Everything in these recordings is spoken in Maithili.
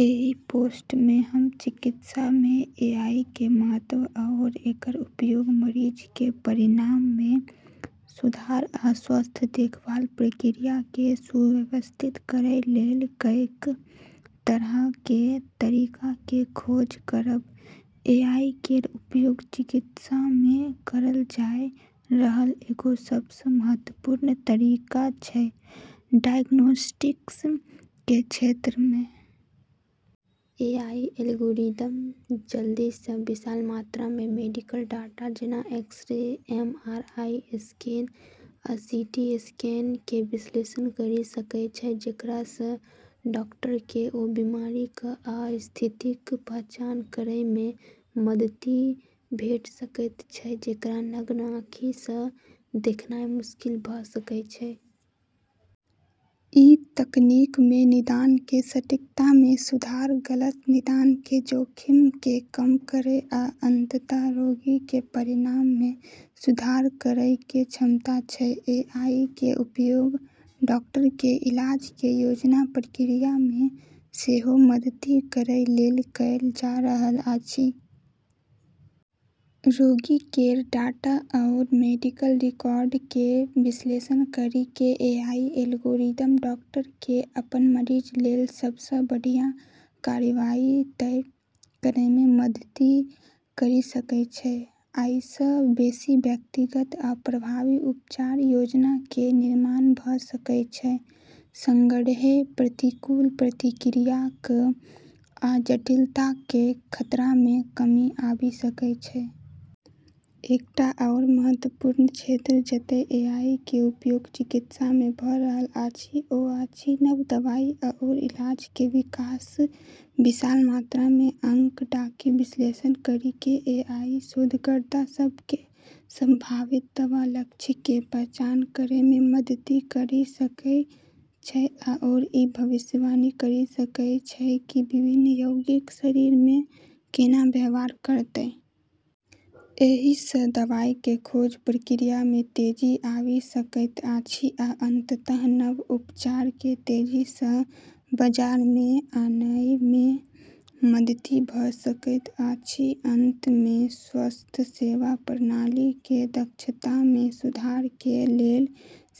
एहि पोस्टमे हम चिकित्सामे एआईके महत्व आओर एकर उपयोग मरीजके परिणाममे सुधार आ स्वास्थ्य देखभाल प्रक्रियाके सुव्यवस्थित करै लेल कएक तरहके तरीकाके खोज करब । एआई केर उपयोग चिकित्सामे करल जाइ रहल एगो सबसँ महत्वपूर्ण तरीका छै, डायग्नोस्टिक्स के क्षेत्रमे । एआई एल्गोरिदम जल्दीसँ विशाल मात्रामे मेडिकल डाटा, जेना एक्स-रे, एमआरआई स्कैन, आ सीटी स्कैनके विश्लेषण करि सकै छै, जेकरासँ डॉक्टरके ओ बीमारिक आ स्थितिक पहचान करैमे मदति भेट सकैत छै जेकरा नग्न आँखिसँ देखनाइ मुश्किल भ' सकय छै । ई तकनीकमे निदानके सटीकतामे सुधार, गलत निदानके जोखिमके कम करै आ अंततः रोगीके परिणाममे सुधार करैके क्षमता छै । एआईके उपयोग डॉक्टरके इलाजके योजना प्रक्रियामे सेहो मदति करै लेल कएल जा रहल अछि । रोगी केर डाटा आओर मेडिकल रिकॉर्डके विश्लेषण करिके एआई एल्गोरिदम डॉक्टरके अपन मरीज लेल सबसँ बढ़ियाँ कार्रवाई तय करैमे मदति करि सकै छै। अइसँ बेशी व्यक्तिगत आ प्रभावी उपचार योजनाके निर्माण भ' सकै छै, सङ्गहेँ प्रतिकूल प्रतिक्रियाक आ जटिलताके खतरामे कमी आबि सकै छै । एकटा आओर महत्वपूर्ण क्षेत्र जतय एआईके उपयोग चिकित्सामे भ' रहल अछि ओ अछि नव दवाइ आओर इलाजके विकास । विशाल मात्रामे आँकड़ाके विश्लेषण करिके एआई शोधकर्ता सबके संभावित दवा लक्ष्यके पहचान करैमे मदति करि सकै छै आओर ई भविष्यवाणी करि सकै छै कि विभिन्न यौगिक शरीरमे केना व्यवहार करतै। एहिसँ दवाइके खोज प्रक्रियामे तेजी आबि सकैत अछि आ अंततः नव उपचारके तेजीसँ बाजारमे आनयमे मदति भ' सकैत अछि । अंतमे स्वास्थ्य सेवा प्रणालीके दक्षतामे सुधारके लेल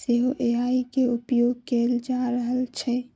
सेहो एआईके उपयोग कैल जा रहल छै ।